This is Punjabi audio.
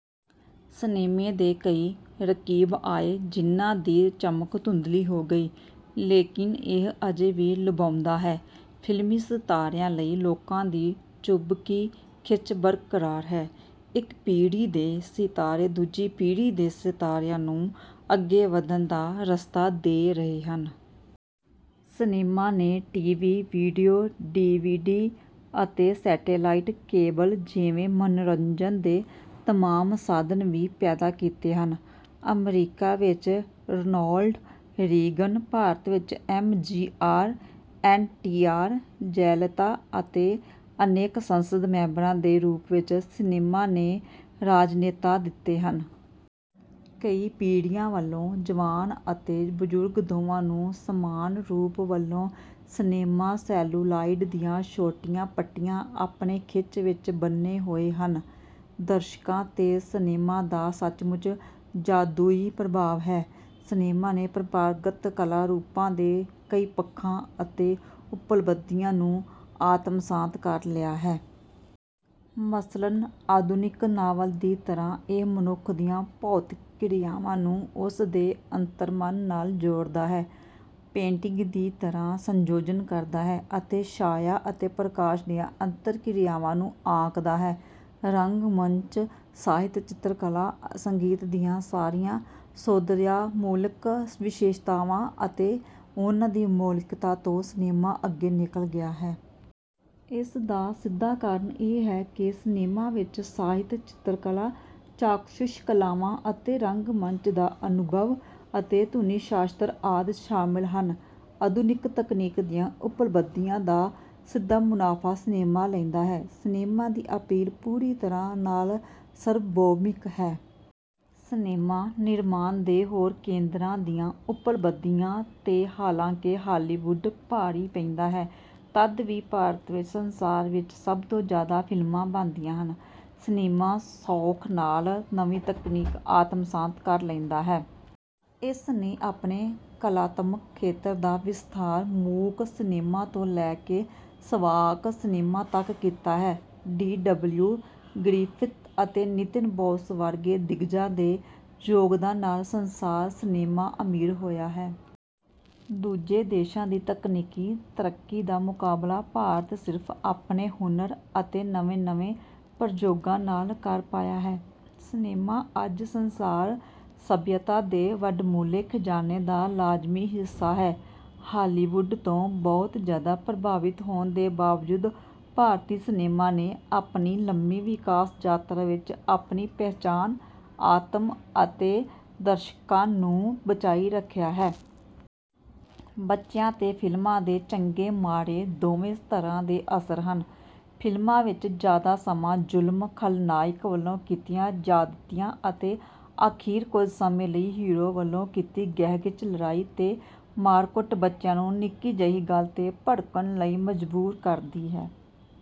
ਸਿਨੇਮੇ ਦੇ ਕਈ ਰਕੀਬ ਆਏ ਜਿਨ੍ਹਾਂ ਦੀ ਚਮਕ ਧੁੰਦਲੀ ਹੋ ਗਈ। ਲੇਕਿਨ ਇਹ ਅਜੇ ਵੀ ਲੁਭਾਉਂਦਾ ਹੈ। ਫਿਲਮੀ ਸਿਤਾਰਿਆਂ ਲਈ ਲੋਕਾਂ ਦੀ ਚੁੰਬਕੀ ਖਿੱਚ ਬਰਕਰਾਰ ਹੈ। ਇੱਕ ਪੀੜ੍ਹੀ ਦੇ ਸਿਤਾਰੇ ਦੂਜੀ ਪੀੜ੍ਹੀ ਦੇ ਸਿਤਾਰਿਆਂ ਨੂੰ ਅੱਗੇ ਵਧਣ ਦਾ ਰਸਤਾ ਦੇ ਰਹੇ ਹਨ। ਸਿਨੇਮਾ ਨੇ T. V., video, D. V. D. ਅਤੇ ਸੈਟੇਲਾਈਟ, ਕੇਬਲ ਜਿਵੇਂ ਮਨੋਰੰਜਨ ਦੇ ਤਮਾਮ ਸਾਧਨ ਵੀ ਪੈਦਾ ਕੀਤੇ ਹਨ। ਅਮਰੀਕਾ ਵਿੱਚ ਰੋਨਾਲਡ ਰੀਗਨ, ਭਾਰਤ ਵਿੱਚ M. G. R., N. T. R., Jayalalithaa ਅਤੇ ਅਨੇਕ ਸੰਸਦ ਮੈਂਬਰਾਂ ਦੇ ਰੂਪ ਵਿੱਚ ਸਿਨੇਮਾ ਨੇ ਰਾਜਨੇਤਾ ਦਿੱਤੇ ਹਨ। ਕਈ ਪੀੜ੍ਹੀਆਂ ਵੱਲੋਂ, ਜਵਾਨ ਅਤੇ ਬਜ਼ੁਰਗ, ਦੋਵਾਂ ਨੂੰ ਸਮਾਨ ਰੂਪ ਵੱਲੋਂ ਸਿਨੇਮਾ ਸੈਲੂਲਾਇਡ ਦੀਆਂ ਛੋਟੀਆਂ ਪੱਟੀਆਂ ਆਪਣੇ ਖਿੱਚ ਵਿੱਚ ਬੰਨ੍ਹੇ ਹੋਏ ਹਨ। ਦਰਸ਼ਕਾਂ 'ਤੇ ਸਿਨੇਮਾ ਦਾ ਸੱਚਮੁੱਚ ਜਾਦੂਈ ਪ੍ਰਭਾਵ ਹੈ। ਸਿਨੇਮਾ ਨੇ ਪਰੰਪਰਾਗਤ ਕਲਾ ਰੂਪਾਂ ਦੇ ਕਈ ਪੱਖਾਂ ਅਤੇ ਉਪਲੱਬਧੀਆਂ ਨੂੰ ਆਤਮਸਾਤ ਕਰ ਲਿਆ ਹੈ। ਮਸਲਨ ਆਧੁਨਿਕ ਨਾਵਲ ਦੀ ਤਰ੍ਹਾਂ ਇਹ ਮਨੁੱਖ ਦੀਆਂ ਭੌਤਿਕ ਕਿਰਿਆਵਾਂ ਨੂੰ ਉਸ ਦੇ ਅੰਤਰਮਨ ਨਾਲ ਜੋੜਦਾ ਹੈ, ਪੇਂਟਿੰਗ ਦੀ ਤਰ੍ਹਾਂ ਸੰਯੋਜਨ ਕਰਦਾ ਹੈ ਅਤੇ ਛਾਇਆ ਅਤੇ ਪ੍ਰਕਾਸ਼ ਦੀਆਂ ਅੰਤਰ-ਕਿਰਿਆਵਾਂ ਨੂੰ ਆਂਕਦਾ ਹੈ। ਰੰਗ-ਮੰਚ, ਸਾਹਿਤ, ਚਿੱਤਰਕਲਾ, ਸੰਗੀਤ ਦੀਆਂ ਸਾਰੀਆਂ ਸੌਂਦਰਿਆਮੂਲਕ ਵਿਸ਼ੇਸ਼ਤਾਵਾਂ ਅਤੇ ਉਨ੍ਹਾਂ ਦੀ ਮੌਲਿਕਤਾ ਤੋਂ ਸਿਨੇਮਾ ਅੱਗੇ ਨਿਕਲ ਗਿਆ ਹੈ। ਇਸ ਦਾ ਸਿੱਧਾ ਕਾਰਨ ਇਹ ਹੈ ਕਿ ਸਿਨੇਮਾ ਵਿੱਚ ਸਾਹਿਤ, ਚਿੱਤਰਕਲਾ, ਚਾਕਸ਼ੁਸ਼ ਕਲਾਵਾਂ ਅਤੇ ਰੰਗ-ਮੰਚ ਦਾ ਅਨੁਭਵ, ਅਤੇ ਧੁਨੀ-ਸ਼ਾਸਤਰ ਆਦਿ ਸ਼ਾਮਿਲ ਹਨ। ਆਧੁਨਿਕ ਤਕਨੀਕ ਦੀਆਂ ਉਪਲੱਬਧੀਆਂ ਦਾ ਸਿੱਧਾ ਮੁਨਾਫ਼ਾ ਸਿਨੇਮਾ ਲੈਂਦਾ ਹੈ। ਸਿਨੇਮਾ ਦੀ ਅਪੀਲ ਪੂਰੀ ਤਰ੍ਹਾਂ ਨਾਲ ਸਰਵਭੌਮਿਕ ਹੈ। ਸਿਨੇਮਾ ਨਿਰਮਾਣ ਦੇ ਹੋਰ ਕੇਂਦਰਾਂ ਦੀਆਂ ਉਪਲੱਬਧੀਆਂ 'ਤੇ ਹਾਲਾਂਕਿ ਹਾਲੀਵੁਡ ਭਾਰੀ ਪੈਂਦਾ ਹੈ, ਤਦ ਵੀ ਭਾਰਤ ਵਿੱਚ ਸੰਸਾਰ ਵਿੱਚ ਸਭ ਤੋਂ ਜ਼ਿਆਦਾ ਫਿਲਮਾਂ ਬਣਦੀਆਂ ਹਨ। ਸਿਨੇਮਾ ਸੌਖ ਨਾਲ ਨਵੀਂ ਤਕਨੀਕ ਆਤਮਸਾਤ ਕਰ ਲੈਂਦਾ ਹੈ। ਇਸ ਨੇ ਆਪਣੇ ਕਲਾਤਮਕ ਖੇਤਰ ਦਾ ਵਿਸਥਾਰ ਮੂਕ ਸਿਨੇਮਾ ਤੋਂ ਲੈ ਕੇ ਸਵਾਕ ਸਿਨੇਮਾ ਤੱਕ ਕੀਤਾ ਹੈ। ਡੀ. ਡਬਲਿਊ. ਗਰਿਫਿਥ ਅਤੇ ਨਿਤਿਨ ਬੋਸ ਵਰਗੇ ਦਿੱਗਜਾਂ ਦੇ ਯੋਗਦਾਨ ਨਾਲ ਸੰਸਾਰ ਸਿਨੇਮਾ ਅਮੀਰ ਹੋਇਆ ਹੈ। ਦੂਜੇ ਦੇਸ਼ਾਂ ਦੀ ਤਕਨੀਕੀ ਤਰੱਕੀ ਦਾ ਮੁਕਾਬਲਾ ਭਾਰਤ ਸਿਰਫ ਆਪਣੇ ਹੁਨਰ ਅਤੇ ਨਵੇਂ-ਨਵੇਂ ਪ੍ਰਯੋਗਾਂ ਨਾਲ ਕਰ ਪਾਇਆ ਹੈ। ਸਿਨੇਮਾ ਅੱਜ ਸੰਸਾਰ ਸਭਿਅਤਾ ਦੇ ਵਡਮੁੱਲੇ ਖਜ਼ਾਨੇ ਦਾ ਲਾਜ਼ਮੀ ਹਿੱਸਾ ਹੈ। ਹਾਲੀਵੁਡ ਤੋਂ ਬਹੁਤ ਜ਼ਿਆਦਾ ਪ੍ਰਭਾਵਿਤ ਹੋਣ ਦੇ ਬਾਵਜੂਦ ਭਾਰਤੀ ਸਿਨੇਮਾ ਨੇ ਆਪਣੀ ਲੰਮੀ ਵਿਕਾਸ ਯਾਤਰਾ ਵਿੱਚ ਆਪਣੀ ਪਹਿਚਾਣ, ਆਤਮਾ ਅਤੇ ਦਰਸ਼ਕਾਂ ਨੂੰ ਬਚਾਈ ਰੱਖਿਆ ਹੈ। ਬੱਚਿਆਂ 'ਤੇ ਫਿਲਮਾਂ ਦੇ ਚੰਗੇ-ਮਾੜੇ ਦੋਵੇਂ ਤਰ੍ਹਾਂ ਦੇ ਅਸਰ ਹਨ। ਫ਼ਿਲਮਾਂ ਵਿੱਚ ਜ਼ਿਆਦਾ ਸਮਾਂ ਜ਼ੁਲਮ, ਖਲਨਾਇਕ ਵੱਲੋਂ ਕੀਤੀਆਂ ਜ਼ਿਆਦਤੀਆਂ ਅਤੇ ਅਖੀਰ ਕੁਝ ਸਮੇਂ ਲਈ ਹੀਰੋ ਵੱਲੋਂ ਕੀਤੀ ਗਹਿਗੱਚ ਲੜਾਈ ਤੇ ਮਾਰ-ਕੁੱਟ ਬੱਚਿਆਂ ਨੂੰ ਨਿੱਕੀ ਜਿਹੀ ਗੱਲ 'ਤੇ ਭੜਕਣ ਲਈ ਮਜਬੂਰ ਕਰਦੀ ਹੈ।